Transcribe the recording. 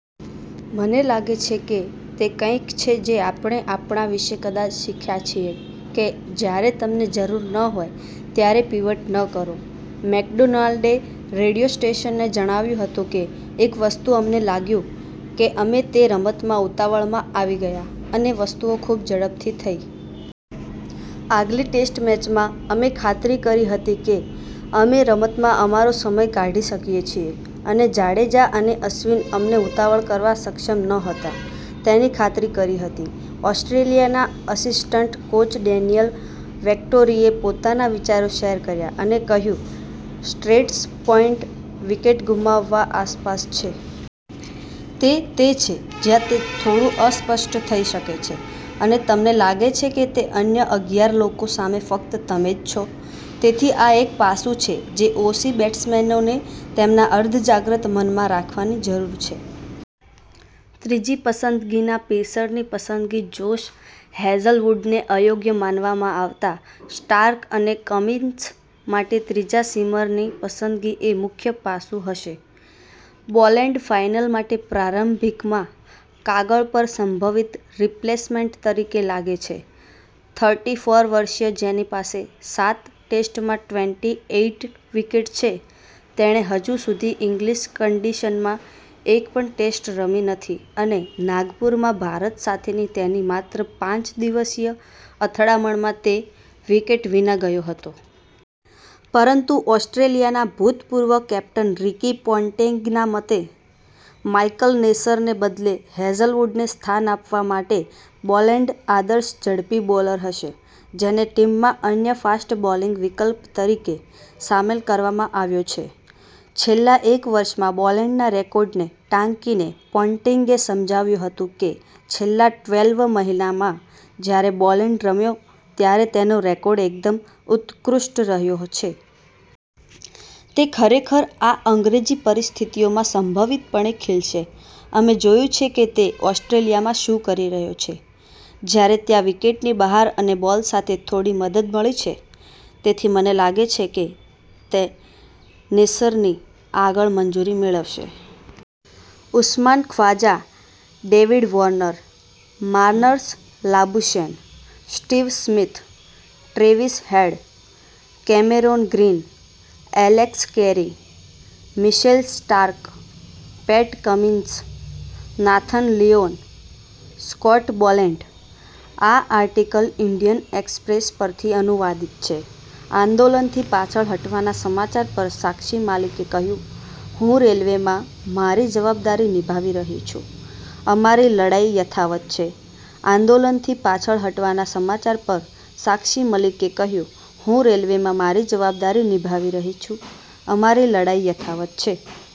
મને લાગે છે કે તે કંઈક છે જે આપણે આપણા વિશે કદાચ શીખ્યા છીએ કે 'જ્યારે તમને જરૂર ન હોય ત્યારે પીવટ ન કરો', મેકડોનાલ્ડે રેડિયો સ્ટેશનને જણાવ્યું હતું કે એક વસ્તુ અમને લાગ્યું કે અમે તે રમતમાં ઉતાવળમાં આવી ગયા, અને વસ્તુઓ ખૂબ ઝડપથી થઈ. આગલી ટેસ્ટ મેચમાં, અમે ખાતરી કરી હતી કે અમે રમતમાં અમારો સમય કાઢી શકીએ છીએ અને જાડેજા અને અશ્વિન અમને ઉતાવળ કરવા સક્ષમ ન હતા તેની ખાતરી કરી હતી. ઓસ્ટ્રેલિયાના આસિસ્ટન્ટ કોચ ડેનિયલ વેટ્ટોરીએ પોતાના વિચારો શેર કર્યા અને કહ્યું, સ્ટ્રેસ પોઈન્ટ વિકેટ ગુમાવવા આસપાસ છે. તે તે છે જ્યાં તે થોડું અસ્પષ્ટ થઈ શકે છે, અને તમને લાગે છે કે તે અન્ય અગિયાર લોકો સામે ફક્ત તમે જ છો. તેથી આ એક પાસું છે જે ઓસી બેટ્સમેનોએ તેમના અર્ધજાગ્રત મનમાં રાખવાની જરૂર છે. ત્રીજી પસંદગીના પેસરની પસંદગી જોશ હેઝલવૂડને અયોગ્ય માનવામાં આવતાં સ્ટાર્ક અને કમિન્સ માટે ત્રીજા સીમરની પસંદગી એ મુખ્ય પાસું હશે. બોલેન્ડ ફાઈનલ માટે પ્રારંભિક માં કાગળ પર સંભવિત રિપ્લેસમેન્ટ તરીકે લાગે છે. થર્ટી ફોર વર્ષીય જેની પાસે સાત ટેસ્ટમાં ટ્વેન્ટી એઈટ વિકેટ છે, તેણે હજુ સુધી ઇંગ્લીશ કંડિશનમાં એક પણ ટેસ્ટ રમી નથી અને નાગપુરમાં ભારત સાથેની તેની માત્ર પાંચ દિવસીય અથડામણમાં તે વિકેટ વિના ગયો હતો. પરંતુ ઓસ્ટ્રેલિયાના ભૂતપૂર્વ કેપ્ટન રિકી પોન્ટિંગના મતે, માઈકલ નેસરને બદલે હેઝલવૂડને સ્થાન આપવા માટે બોલેન્ડ આદર્શ ઝડપી બોલર હશે, જેને ટીમમાં અન્ય ફાસ્ટ બોલિંગ વિકલ્પ તરીકે સામેલ કરવામાં આવ્યો છે. છેલ્લા એક વર્ષમાં બોલેન્ડના રેકોર્ડને ટાંકીને પોન્ટિંગે સમજાવ્યું હતું કે છેલ્લા ટ્વેલ્વ મહિનામાં જ્યારે બોલેન્ડ રમ્યો ત્યારે તેનો રેકોર્ડ એકદમ ઉત્કૃષ્ટ રહ્યો છે. તે ખરેખર, આ અંગ્રેજી પરિસ્થિતિઓમાં સંભવિતપણે ખીલશે. અમે જોયું છે કે તે ઓસ્ટ્રેલિયામાં શું કરી શક્યો છે જ્યારે ત્યાં વિકેટની બહાર અને બોલ સાથે થોડી મદદ મળી છે. તેથી મને લાગે છે કે તે નેસેરની આગળ મંજૂરી મેળવશે. Usman Khawaja, David Warner, Marnus Labuschagne, Steve Smith, Travis Head, Cameron Green, Alex Carey, Mitchell Starc, Pat Cummins, Nathan Lyon, Scott Boland. આ આર્ટિકલ ઇન્ડિયન એક્સપ્રેસ પરથી અનુવાદીત છે. આંદોલનથી પાછળ હટવાના સમાચાર પર સાક્ષી મલિકે કહ્યું હું રેલવેમાં મારી જવાબદારી નિભાવી રહી છું, અમારી લડાઈ યથાવત્ છે આંદોલનથી પાછળ હટવાના સમાચાર પર સાક્ષી મલિકે કહ્યું હું રેલવેમાં મારી જવાબદારી નિભાવી રહી છું, અમારી લડાઈ યથાવત્ છે.